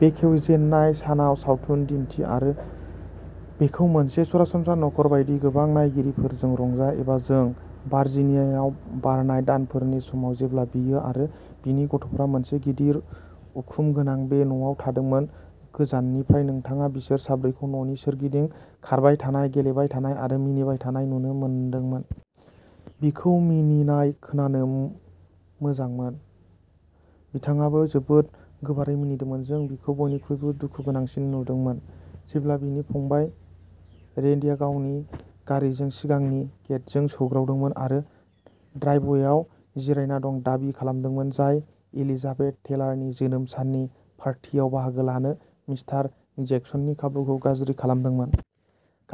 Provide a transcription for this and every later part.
बेखेवजेननाय सानाव सावथुन दिन्थि आरो बेखौ मोनसे सरासनस्रा नखर बायदि गोबां नायगिरिफोरजों रंजा एबा जों भार्जिनियायाव बारनाय दानफोरनि समाव जेब्ला बियो आरो बिनि गथ'फोरा मोनसे गिदिर उखुम गोनां बे न'आव थादोंमोन। गोजाननिफ्राय नोंथाङा बिसोर साब्रैखौ न'नि सोरगिदिं खारबाय थानाय, गेलेबाय थानाय आरो मिनिबाय थानाय नुनो मोनदोंमोन। बिखौ मिनिनाय खोनानो मोजांमोन। बिथाङाबो जोबोद गोबारै मिनिदोंमोन। जों बिखौ बयनिख्रुइबो दुखुगोनांसिन नुदोंमोन, जेब्ला बिनि फंबाय रेन्डिआ गावनि गारिजों सिगांनि गेटजों सौग्रावदोंमोन आरो ड्राइभवेआव जिरायना रां दाबि खालामदोंमोन, जाय एलिजाबेथ टेलारनि जोनोम साननि पार्टियाव बाहागो लानो मिस्टार जेक्सननि खाबुखौ गाज्रि खालामदोंमोन।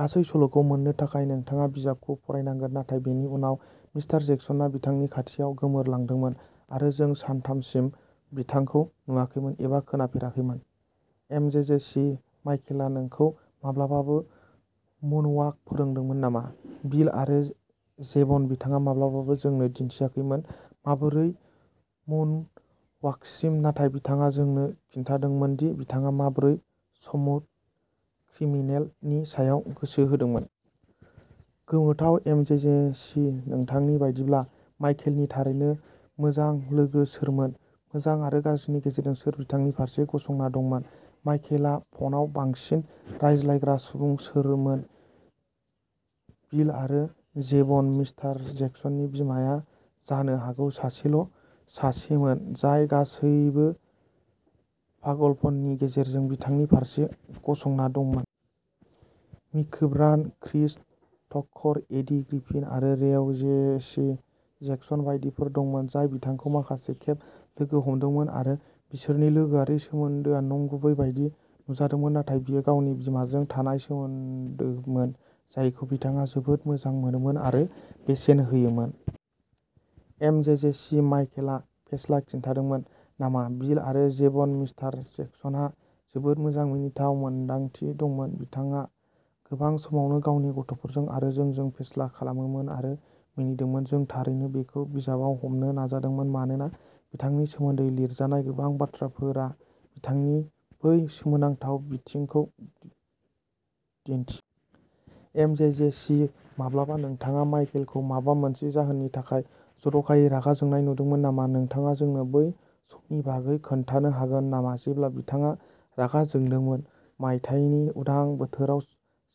गासै सल'खौ मोननो थाखाय नोंथाङा बिजाबखौ फरायनांगोन, नाथाय बेनि उनाव मिस्टार जेक्सनआ बिथांनि खथायाव गोमोरलांदोंमोन आरो जों सानथामसिम बिथांखौ नुवाखैमोन एबा खोनाफेराखैमोन। एमजेजेसि माइकेलआ नोंखौ माब्लाबाबो मुनवाक फोरोंदोंमोन नामा? बिल आरो जेभन बिथाङा माब्लाबाबो जोंनो दिन्थियाखैमोन माबोरै मुनवाकसिम, नाथाय बिथाङा जोंनो खिन्थादोंमोन दि बिथाङा माबोरै "स्मुथ क्रिमिनेल" नि सायाव गोसो होदोंमोन। गोमोथाव एमजेजेसी नोंथांनि बायदिब्ला माइकेलनि थारैनो मोजां लोगो सोरमोन? मोजां आरो गाज्रिनि गेजेरजों सोर बिथांनि फारसे गसंना दंमोन? माइकेलआ फनाव बांसिन रायज्लायग्रा सुबुं सोरमोन? बिल आरो जेभन मिस्टार जेक्सननि बिमाया जानो हागौ सासेल' सासेमोन जाय गासैबो पागलपननि गेजेरजों बिथांनि फारसे गसंना दंमोन। Miko Brand', Chris Tucker, Eddie Griffin आरो रेव जेसी जेक्सन बायदिफोर दंमोन जाय बिथांखौ माखासे खेब लोगो हमदोंमोन आरो बिसोरनि लोगोआरि सोमोन्दोआ नंगुबै बायदि नुजादोंमोन, नाथाय बियो गावनि बिमाजों थानाय सोमोन्दोमोन जायखौ बिथाङा जोबोद मोजां मोनोमोन आरो बेसेन होयोमोन। एमजेजेसी माइकेलआ फेस्ला खिन्थादोंमोन नामा? बिल आरो जेभन मिस्टार जेक्सनहा जोबोद मोजां मिनिथाव मोनदांथि दंमोन। बिथाङा गोबां समावनो गावनि गथ'फोरजों आरो जोंजों फेस्ला खालामोमोन आरो मिनिदोंमोन। जों थारैनो बेखौ बिजाबाव हमनो नाजादोंमोन, मानोना बिथांनि सोमोन्दै लिरजानाय गोबां बाथ्राफोरा बिथांनि बै सोमोनांथाव बिथिंखौ दिन्थि। एमजेजेसि माब्लाबा नोंथाङा माइकेलखौ माबा मोनसे जाहोननि थाखाय जर'खायै रागा जोंनाय नुदोंमोन नामा? नोंथाङा जोंनो बै समनि बागै खोन्थानो हागोन नामा जेब्ला बिथाङा रागा जोंदोंमोन? मायथाइनि उदां बोथोराव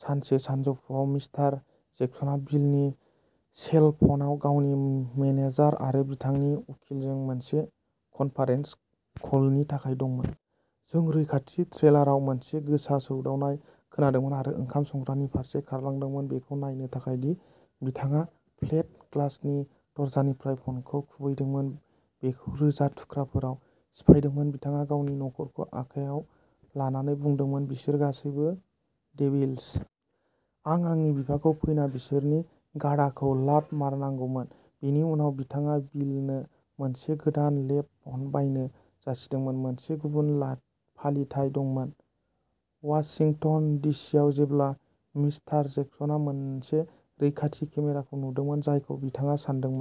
सानसे सानजौफुआव, मिस्टार जेक्सनआ बिलनि सेल फनाव गावनि मेनेजार आरो बिथांनि उखिलजों मोनसे कनफारेन्स कलनि थाखाय दंमोन। जों रैखाथि ट्रेलाराव मोनसे गोसा सौदावनाय खोनादोंमोन आरो ओंखाम संग्रानि फारसे खारलांदोंमोन बेखौ नायनो थाखाय दि बिथाङा प्लेट ग्लासनि दरजानिफ्राय फ'नखौ खुबैदोंमोन, बेखौ रोजा थुख्राफोराव सिफायदोंमोन। बिथाङा गावनि खर'खौ आखायाव लानानै बुंदोंमोन, "बिसोर गासैबो डेविल्स। आं आंनि बिफाखौ फैना बिसोरनि गाधाखौ लात मारनांगौमोन।" बेनि उनाव बिथाङा बिलनो मोनसे गोदान सेल फ'न बायनो जासिदोंमोन। मोनसे गुबुन फालिथाय दंमोन, वाशिंटन डि सि आव, जेब्ला मिस्टार जेक्सनआ मोनसे रैखाथि केमेराखौ नुदोंमोन जायखौ बिथाङा सानदोंमोन।